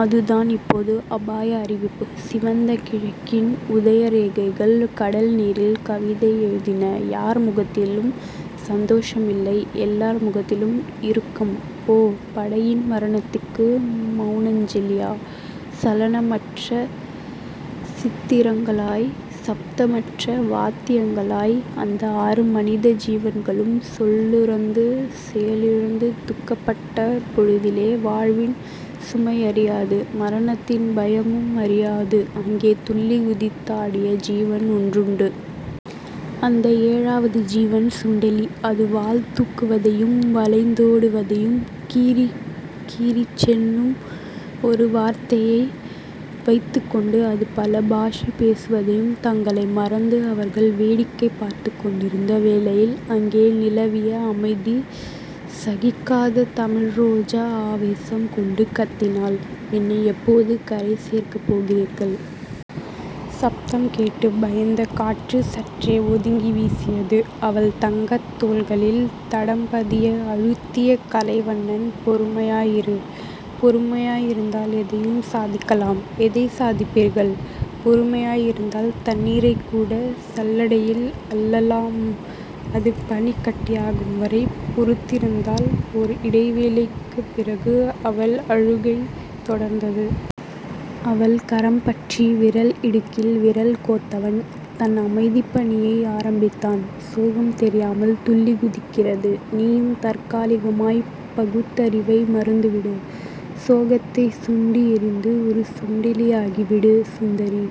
அதுதான் இப்போது அபாய அறிவிப்பு. சிவந்த கிழக்கின் உதயரேகைகள் கடல்நீரில் கவிதை எழுதின. யார் முகத்திலும் சந்தோஷமில்லை. எல்லார் முகத்திலும் இறுக்கம். ஓ. படயின் மரணத்துக்கு மெளனாஞ்சலியா? சலனமற்ற சித்திரங்களாய் சப்தமற்ற வாத்தியங்களாய் அந்த ஆறு மனித ஜீவன்களும் சொல்லுறுந்து செயலிழந்து துக்கப்பட்ட பொழுதிலே வாழ்வின் சுமையறியாது, மரணத்தின் பயமும்மறியாது அங்கே துள்ளிக் குதித்தாடிய ஜீவன் ஒன்றுண்டு. அந்த ஏழாவது ஜீவன் சுண்டெலி. அது வால் தூக்குவதையும் வளைந்தோடு வதையும் கிரீச் கிரீச்சென்னும் ஒரு வார்த்தையை வைத்துக்கொண்டு அது பல பாஷை பேசுவதையும் தங்களை மறந்து அவர்கள் வேடிக்கை பார்த்துக்கொண்டிருந்த வேளையில் அங்கே நிலவிய அமைதி சகிக்காத தமிழ்ரோஜா ஆவேசம் கொண்டு கத்தினாள். என்னை எப்போது கரை சேர்க்கப்போகிறீர்கள்? சப்தம் கேட்டுப் பயந்த காற்று சற்றே ஒதுங்கி வீசியது. அவள் தங்கத் தோள்களில் தடம்பதிய அழுத்திய கலைவண்ணன் பொறுமையாய் இரு. பொறுமையாயிருந்தால் எதையும் சாதிக்கலாம். எதைச் சாதிப்பீர்கள்? பொறுமையாயிருந்தால் தண்ணீரைக் கூடச் சல்லடையில் அள்ளலாம் அது பனிக் கட்டியாகும்வரை பொறுத்திருந்தால் ஓர் இடைவேளைக்குப் பிறகு அவள் அழுகை தொடர்ந்தது. அவள் கரம்பற்றி விரல் இடுக்கில் விரல் கோத்தவன் தன் அமைதிப்பணியை ஆரம்பித்தான். சோகம் தெரியாமல் துள்ளிக்குதிக்கிறது. நீயும் தற்காலிகமாய்ப் பகுத்தறிவை மறந்துவிடு. சோகத்தைச் சுண்டி எறிந்து ஒரு சுண்டெலியாகி விடு சுந்தரி..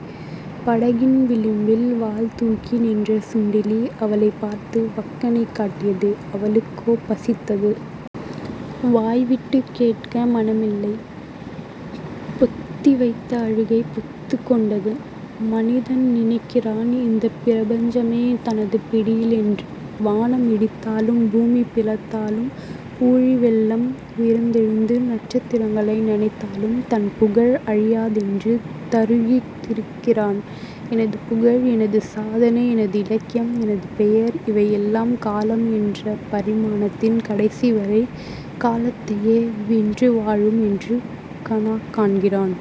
படகின் விளிம்பில் வால்தூக்கி நின்ற சுண்டெலி அவளைப் பார்த்து வக்கணை காட்டியது. அவளுக்கோ பசித்தது. வாய்விட்டுக் கேட்க மனமில்லை. பொத்திவைத்த அழுகை பொத்துக் கொண்டது. மனிதன் நினைக்கிறான் இந்தப் பிரபஞ்சமே தனது பிடியிலென்று. வானம் இடிந்தாலும் பூமி பிளந்தாலும் ஊழிவெள்ளம் உயர்ந்தெழுந்து நட்சத்திரங்ளை நனைத்தாலும் தன் புகழ் அழியாதென்று தருகித் திரிக்கிறான். எனது புகழ் எனது சாதனை எனது இலக்கியம் எனது பெயர் இவையெல்லாம் காலம் என்ற பரிமாணத்தின் கடைசி வரை, காலத்தையே வென்றுவாழும் என்று கனாக்காண்கிறான்.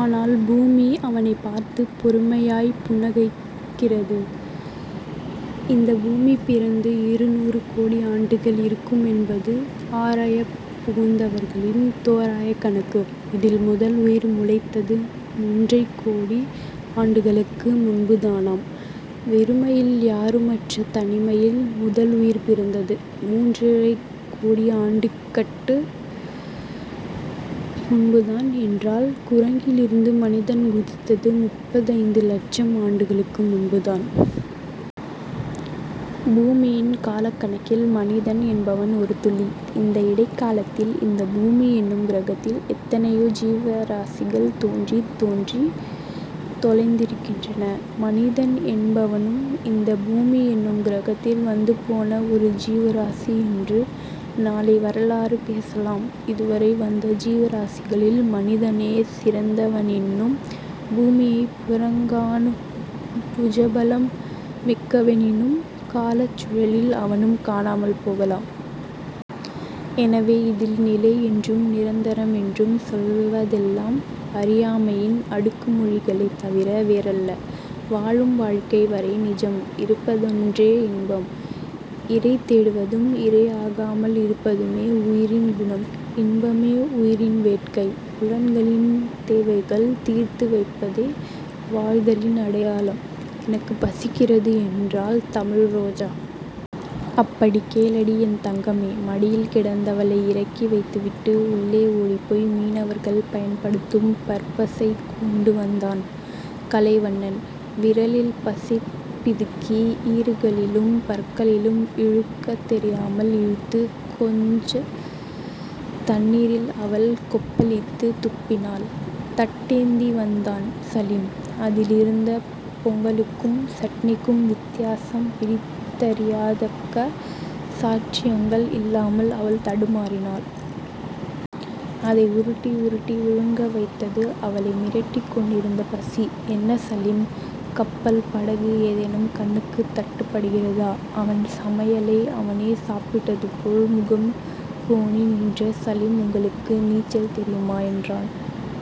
ஆனால், பூமி அவனைப் பார்த்துப் பொறுமையாய்ப் புன்னகைக்கிறது. இந்தப் பூமி பிறந்து இருநூறு கோடி ஆண்டுகள் இருக்குமென்பது ஆராயப் புகுந்தவர்களின் தோராயக் கணக்கு. இதில் முதல் உயிர் முளைத்தது முன்றரைக் கோடி ஆண்டுகளுக்கு முன்புதானாம். வெறுமையில்... யாருமற்ற தனிமையில். முதல் உயிர் பிறந்தது மூன்றரைக் கோடி ஆண்டுகட்கு முன்புதான் என்றால் குரங்கிலிருந்து மனிதன் குதித்தது முப்பத்தைந்து லட்சம் ஆண்டுகளுக்கு முன்புதான். பூமியின் காலக்கணக்கில் மனிதன் என்பவன் ஒரு துளி. இந்த இடைக்காலத்தில் இந்தப் பூமி என்னும் கிரகத்தில் எத்தனையோ ஜீவராசிகள் தோன்றித் தோன்றித் தொலைந்திருக்கின்றன. மனிதன் என்பவனும் இந்தப் பூமி என்னும் கிரகத்தில் வந்துபோன ஒரு ஜீவராசி என்று நாளை வரலாறு பேசலாம். இதுவரை வந்த ஜீவராசிகளில் மனிதனே சிறந்தவனென்னும் பூமியைப் புறங்காணும் புஜபலம் மிக்கவனெனும் காலச்சூழலில் அவனும் காணாமல் போகலாம். எனவே இதில் நிலை என்றும் நிரந்தரமென்றும் சொல்வதெல்லாம் அறியாமையின் அடுக்குமொழிகளே தவிர வேறல்ல. வாழும் வாழ்க்கை வரை நிஜம். இருப்பதொன்றே இன்பம். இரை தேடுவதும் இரையாகாமல் இருப்பதுமே உயிரின் குணம். இன்பமே உயிரின் வேட்கை. புலன்களின் தேவைகள் தீர்த்து வைப்பதே வாழ்தலின் அடையாளம். எனக்குப் பசிக்கிறது என்றாள் தமிழ் ரோஜா. அப்படிக் கேளடி என் தங்கமே. மடியில் கிடந்தவளை இறக்கிவைத்துவிட்டு, உள்ளே ஓடிப்போய் மீனவர்கள் பயன்படுத்தும் பற்பசை கொண்டுவந்தான் கலைவண்ணன். விரலில் பசைபிதுக்கி ஈறுகளிலும் பற்களிலும் இழுக்கத் தெரியாமல் இழுத்து, கொஞ்சத் தண்ணீரில் அவள் கொப்பளித்துத் துப்பினாள். தட்டேந்தி வந்தான் சலீம். அதிலிருந்த பொங்கலுக்கும் சட்னிக்கும் வித்தியாசம் பிரித்தறியாத்தக்க சாட்சியங்கள் இல்லாமல் அவள் தடுமாறினாள். அதை உருட்டி உருட்டி விழுங்கவைத்தது அவளை மிரட்டிக்கொண்டிருந்த பசி. என்ன சலீம். கப்பல், படகு ஏதேனும் கண்ணுக்குத் தட்டுப்படுகிறதா? அவன் சமையலை அவனே சாப்பிட்டதுபோல் முகம் கோணிநின்ற சலீம் உங்களுக்கு நீச்சல் தெரியுமா? என்றான்.